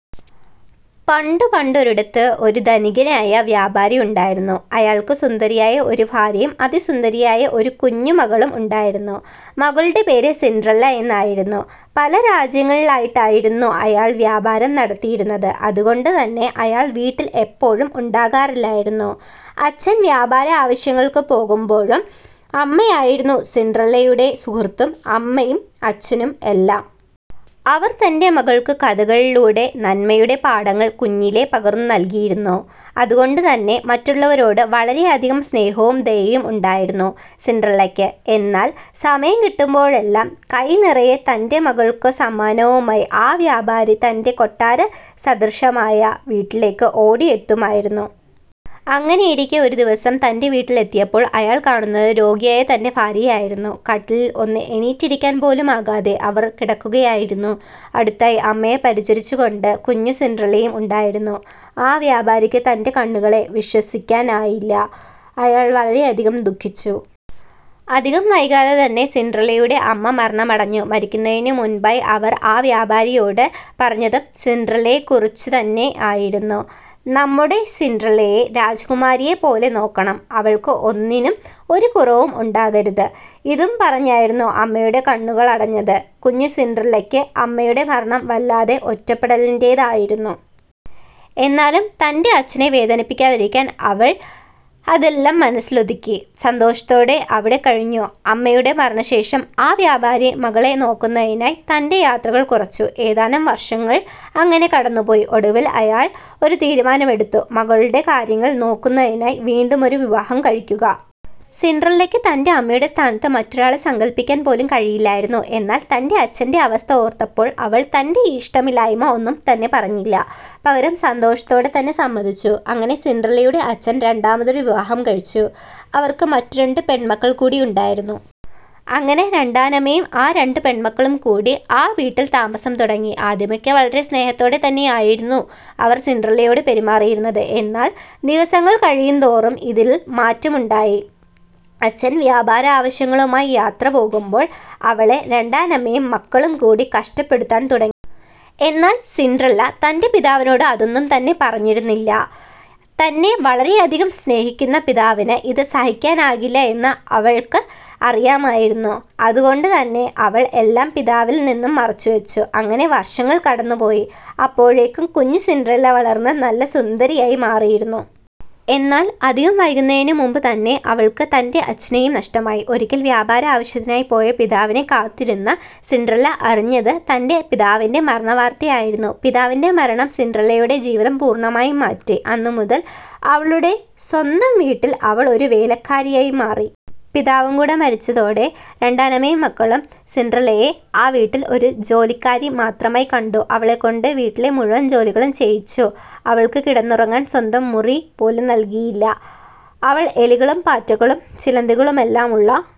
പണ്ടു പണ്ടൊരിടത്തു ഒരു ധനികനായ വ്യാപാരി ഉണ്ടായിരുന്നു. അയാൾക്ക് സുന്ദരിയായ ഒരു ഭാര്യയും അതി സുന്ദരിയായ ഒരു കുഞ്ഞു മകളും ഉണ്ടായിരുന്നു. മകളുടെ പേര് സിൻഡ്രല്ല എന്നായിരുന്നു. പല രാജ്യങ്ങളിലായിട്ടായിരുന്നു അയാൾ വ്യാപാരം നടത്തിയിരുന്നത്. അതുകൊണ്ടു തന്നെ അയാൾ വീട്ടിൽ എപ്പോഴും ഉണ്ടാകാറില്ലായിരുന്നു. അച്ഛൻ വ്യാപാര ആവശ്യങ്ങൾക്ക് പോകുമ്പോഴും അമ്മയായിരുന്നു സിൻഡ്രല്ലയുടെ സുഹൃത്തും അമ്മയും അച്ഛനും എല്ലാം. അവർ തന്റെ മകൾക്കു കഥകളിലൂടെ നന്മയുടെ പാഠങ്ങൾ കുഞ്ഞിലേ പകർന്നു നൽകിയിരുന്നു. അതുകൊണ്ടു തന്നെ മറ്റുള്ളവരോട് വളരെയധികം സ്നേഹവും ദയയും ഉണ്ടായിരുന്നു സിൻഡ്രല്ലയ്ക്ക്. എന്നാൽ സമയം കിട്ടുമ്പോഴെല്ലാം കൈ നിറയെ തന്റെ മകൾക്കു സമ്മാനവുമായി ആ വ്യാപാരി തന്റെ കൊട്ടാര സദൃശമായ വീട്ടിലേക്ക് ഓടി എത്തുമായിരുന്നു. അങ്ങനെയിരിക്കെ ഒരു ദിവസം തന്റെ വീട്ടിൽ എത്തിയപ്പോൾ അയാൾ കാണുന്നത് രോഗിയായ തന്റെ ഭാര്യയെ ആയിരുന്നു. കട്ടിലിൽ ഒന്ന് എണീറ്റിരിക്കാൻ പോലും ആകാതെ അവർ കിടക്കുകയായിരുന്നു. അടുത്തായി അമ്മയെ പരിചരിച്ചു കൊണ്ട് കുഞ്ഞു സിൻഡ്രല്ലയും ഉണ്ടായിരുന്നു. ആ വ്യാപാരിക്കു തന്റെ കണ്ണുകളെ വിശ്വസിക്കാൻ ആയില്ല. അയാൾ വളരെയധികം ദുഃഖിച്ചു. അധികം വൈകാതെ തന്നെ സിൻഡ്രല്ലയുടെ അമ്മ മരണമടഞ്ഞു. മരിക്കുന്നതിനു മുൻപായി അവർ ആ വ്യാപാരിയോട് പറഞ്ഞതും സിൻഡ്രല്ലയെക്കുറിച്ചു തന്നെയായിരുന്നു. "നമ്മുടെ സിൻഡ്രല്ലയെ രാജകുമാരിയെ പോലെ നോക്കണം. അവൾക്ക് ഒന്നിനും ഒരു കുറവും ഉണ്ടാക്കരുത്. " ഇതും പറഞ്ഞായിരുന്നു അമ്മയുടെ കണ്ണുകളടഞ്ഞത്. കുഞ്ഞു സിൻഡ്രല്ലക്ക് അമ്മയുടെ മരണം വല്ലാത്ത ഒറ്റപ്പെടലിന്റേത് ആയിരുന്നു. എന്നാലും തന്റെ അച്ഛനെ വേദനിപ്പിക്കാതിരിക്കാൻ അവൾ അതെല്ലാം മനസ്സിലൊതുക്കി സന്തോഷത്തോടെ അവിടെ കഴിഞ്ഞു. അമ്മയുടെ മരണ ശേഷം ആ വ്യാപാരി മകളെ നോക്കുന്നതിനായി തന്റെ യാത്രകൾ കുറച്ചു. ഏതാനും വർഷങ്ങൾ അങ്ങനെ കടന്നു പോയി. ഒടുവിൽ അയാൾ ഒരു തീരുമാനം എടുത്തു. മകളുടെ കാര്യങ്ങൾ നോക്കുന്നതിനായി വീണ്ടുമൊരു വിവാഹം കഴിക്കുക. സിൻഡ്രല്ലയ്ക്കു തന്റെ അമ്മയുടെ സ്ഥാനത്ത് മറ്റൊരാളെ സങ്കല്പിക്കാൻ പോലും കഴിയില്ലായിരുന്നു. എന്നാൽ തന്റെ അച്ഛന്റെ അവസ്ഥ ഓർത്തപ്പോൾ അവൾ തന്റെ ഇഷ്ടമില്ലായ്മ ഒന്നും തന്നെ പറഞ്ഞില്ല. പകരം സന്തോഷത്തോടെ തന്നെ സമ്മതിച്ചു. അങ്ങനെ സിൻഡ്രല്ലയുടെ അച്ഛൻ രണ്ടാമതൊരു വിവാഹം കഴിച്ചു. അവർക്ക് മറ്റു രണ്ടു പെണ്മക്കൾ കൂടി ഉണ്ടായിരുന്നു. അങ്ങനെ രണ്ടാനമ്മയും ആ രണ്ടു പെൺമക്കളും കൂടി ആ വീട്ടിൽ താമസം തുടങ്ങി. ആദ്യമൊക്കെ വളരെ സ്നേഹത്തോടെ തന്നെയായിരുന്നു അവർ സിൻഡ്രല്ലയോട് പെരുമാറിയിരുന്നത്. എന്നാൽ ദിവസങ്ങൾ കഴിയുന്തോറും ഇതിൽ മാറ്റം ഉണ്ടായി. അച്ഛൻ വ്യാപാര ആവശ്യങ്ങളുമായി യാത്ര പോകുമ്പോൾ അവളെ രണ്ടാനമ്മയും മക്കളും കൂടി കഷ്ടപ്പെടുത്താൻ തുടങ്ങി. എന്നാൽ സിൻഡ്രല്ല തന്റെ പിതാവിനോട് അതൊന്നും തന്നെ പറഞ്ഞിരുന്നില്ല. തന്നെ വളരെയധികം സ്നേഹിക്കുന്ന പിതാവിന് ഇത് സഹിക്കാനാകില്ല എന്ന് അവൾക്ക് അറിയാമായിരുന്നു. അതുകൊണ്ടു തന്നെ അവൾ എല്ലാം പിതാവിൽ നിന്നും മറച്ചു വച്ചു. അങ്ങനെ വർഷങ്ങൾ കടന്നു പോയി. അപ്പോഴേക്കും കുഞ്ഞു സിൻഡ്രല്ല വളർന്ന് നല്ല സുന്ദരിയായി മാറിയിരുന്നു. എന്നാൽ അധികം വൈകുന്നതിന് മുൻപ് തന്നെ അവൾക്ക് തന്റെ അച്ഛനെയും നഷ്ടമായി. ഒരിക്കൽ വ്യാപാര ആവശ്യത്തിനായി പോയ പിതാവിനെ കാത്തിരുന്ന സിൻഡ്രല്ല അറിഞ്ഞത് തന്റെ പിതാവിന്റെ മരണ വാർത്തയായിരുന്നു. പിതാവിന്റെ മരണം സിൻഡ്രല്ലയുടെ ജീവിതം പൂർണമായും മാറ്റി. അന്ന് മുതൽ അവളുടെ സ്വന്തം വീട്ടിൽ അവൾ ഒരു വേലക്കാരിയായി മാറി. പിതാവും കൂടെ മരിച്ചതോടെ രണ്ടാനമ്മയും മക്കളും സിൻഡ്രല്ലയെ ആ വീട്ടിൽ ഒരു ജോലിക്കാരി മാത്രമായി കണ്ടു. അവളെ കൊണ്ട് വീട്ടിലെ മുഴുവൻ ജോലികളും ചെയ്യിച്ചു. അവൾക്ക് കിടന്നുറങ്ങാൻ സ്വന്തം മുറി പോലും നൽകിയില്ല. അവൾ എലികളും പാറ്റകളും ചിലന്തികളുമെല്ലാം ഉള്ള